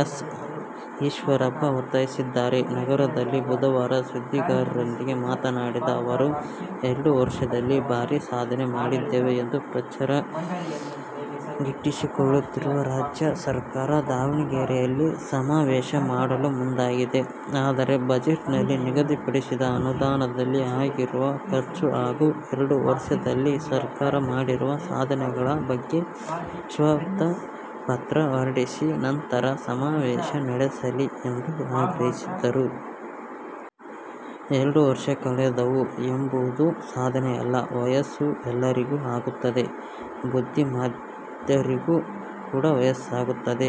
S. Eshwarappa ಒತ್ತಾಯಿಸಿದ್ದಾರೆ. ನಗರದಲ್ಲಿ ಬುಧವಾರ ಸುದ್ದಿಗಾರರೊಂದಿಗೆ ಮಾತನಾಡಿದ ಅವರು, ಎರಡು ವರ್ಷದಲ್ಲಿ ಭಾರೀ ಸಾಧನೆ ಮಾಡಿದ್ದೇವೆ ಎಂದು ಪ್ರಚಾರ ಗಿಟ್ಟಿಸಿಕೊಳ್ಳುತ್ತಿರುವ ರಾಜ್ಯ ಸರ್ಕಾರ ದಾವಣಗೆರೆಯಲ್ಲಿ ಸಮಾವೇಶ ಮಾಡಲು ಮುಂದಾಗಿದೆ. ಆದರೆ, ಬಜೆಟ್ನಲ್ಲಿ ನಿಗದಿಪಡಿಸಿದ ಅನುದಾನದಲ್ಲಿ ಆಗಿರುವ ಖರ್ಚು ಹಾಗೂ ಎರಡು ವರ್ಷದಲ್ಲಿ ಸರ್ಕಾರ ಮಾಡಿರುವ ಸಾಧನೆಗಳ ಬಗ್ಗೆ ಶ್ವೇತಪತ್ರ ಹೊರಡಿಸಿ ನಂತರ ಸಮಾವೇಶ ನಡೆಸಲಿ ಎಂದು ಆಗ್ರಹಿಸಿದರು. ಎರಡು ವರ್ಷ ಕಳೆದವು ಎಂಬುದು ಸಾಧನೆಯಲ್ಲ. ವಯಸ್ಸು ಎಲ್ಲರಿಗೂ ಆಗುತ್ತದೆ. ಬುದ್ಧಿಮಾಂದ್ಯರಿಗೂ ಕೂಡ ವಯಸ್ಸಾಗುತ್ತದೆ.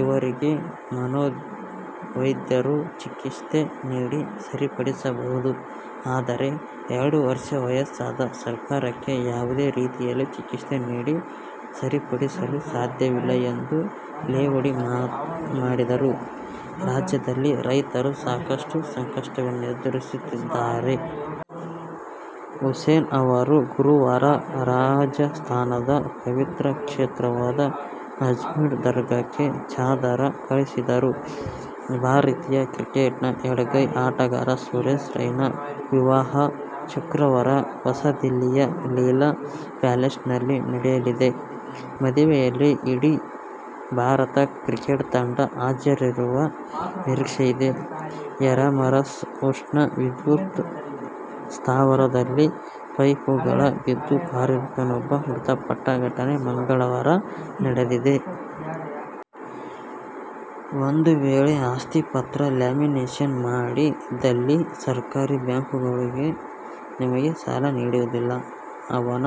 ಇವರಿಗೆ ಮನೋವೈದ್ಯರು ಚಿಕಿತ್ಸೆ ನೀಡಿ ಸರಿಪಡಿಸಬಹುದು. ಆದರೆ, ಎರಡು ವರ್ಷ ವಯಸ್ಸಾದ ಸರ್ಕಾರಕ್ಕೆ ಯಾವುದೇ ರೀತಿಯಲ್ಲಿಯೂ ಚಿಕಿತ್ಸೆ ನೀಡಿ ಸರಿಪಡಿಸಲು ಸಾಧ್ಯವಿಲ್ಲ ಎಂದು ಲೇವಡಿ ಮಾಡಿದರು. ರಾಜ್ಯದಲ್ಲಿ ರೈತರು ಸಾಕಷ್ಟು ಸಂಕಷ್ಟವನ್ನೆದುರಿಸುತ್ತಿದ್ದಾರೆ. ಹುಸೇನ್ ಅವರು ಗುರುವಾರ ರಾಜಸ್ಥಾನದ ಪವಿತ್ರ ಕ್ಷೇತ್ರವಾದ ಅಜ್ಮೇರ್ ದರ್ಗಾಕ್ಕೆ ಚಾದರ ಕಳುಹಿಸಿದರು. ಭಾರತೀಯ ಕ್ರಿಕೆಟಿನ ಎಡಗೈ ಆಟಗಾರ ಸುರೇಶ್ ರೈನಾ ವಿವಾಹ ಶುಕ್ರವಾರ ಹೊಸದಿಲ್ಲಿಯ ಲೀಲಾ ಪ್ಯಾಲೇಸ್ನಲ್ಲಿ ನಡೆಯಲಿದೆ. ಮದುವೆಯಲ್ಲಿ ಇಡೀ ಭಾರತ ಕ್ರಿಕೆಟ್ ತಂಡ ಹಾಜರಿರುವ ನಿರೀಕ್ಷೆಯಿದೆ. ಯರಮರಸ್ ಉಷ್ಣ ವಿದ್ಯುತ್ ಸ್ಥಾವರ ದಲ್ಲಿ ಪೈಪುಗಳು ಬಿದ್ದು ಕಾರ್ಮಿಕನೊಬ್ಬ ಮೃತಪಟ್ಟ ಘಟನೆ ಮಂಗಳವಾರ ನಡೆದಿದೆ. ಒಂದು ವೇಳೆ ಆಸ್ತಿ ಪತ್ರ ಲ್ಯಾಮಿನೇಷನ್ ಮಾಡಿ ದ್ದಲ್ಲಿ ಸರ್ಕಾರಿ ಬ್ಯಾಂಕ್ಗಳು ನಿಮಗೆ ಸಾಲ ನೀಡುವುದಿಲ್ಲ. ಅವನ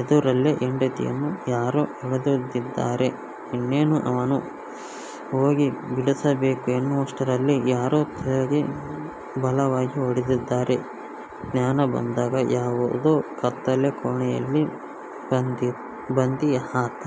ಎದುರಲ್ಲೇ ಹೆಂಡತಿಯನ್ನು ಯಾರೋ ಎಳೆದೊಯ್ಯುತ್ತಿದ್ದಾರೆ. ಇನ್ನೇನು ಅವನು ಹೋಗಿ ಬಿಡಿಸಬೇಕು ಎನ್ನುವಷ್ಟರಲ್ಲಿ ಯಾರೋ ತಲೆಗೆ ಬಲವಾಗಿ ಹೊಡೆಯುತ್ತಾರೆ. ಜ್ಞಾನ ಬಂದಾಗ ಯಾವುದೋ ಕತ್ತಲೆ ಕೋಣೆಯಲ್ಲಿ ಬಂಧಿ ಆತ.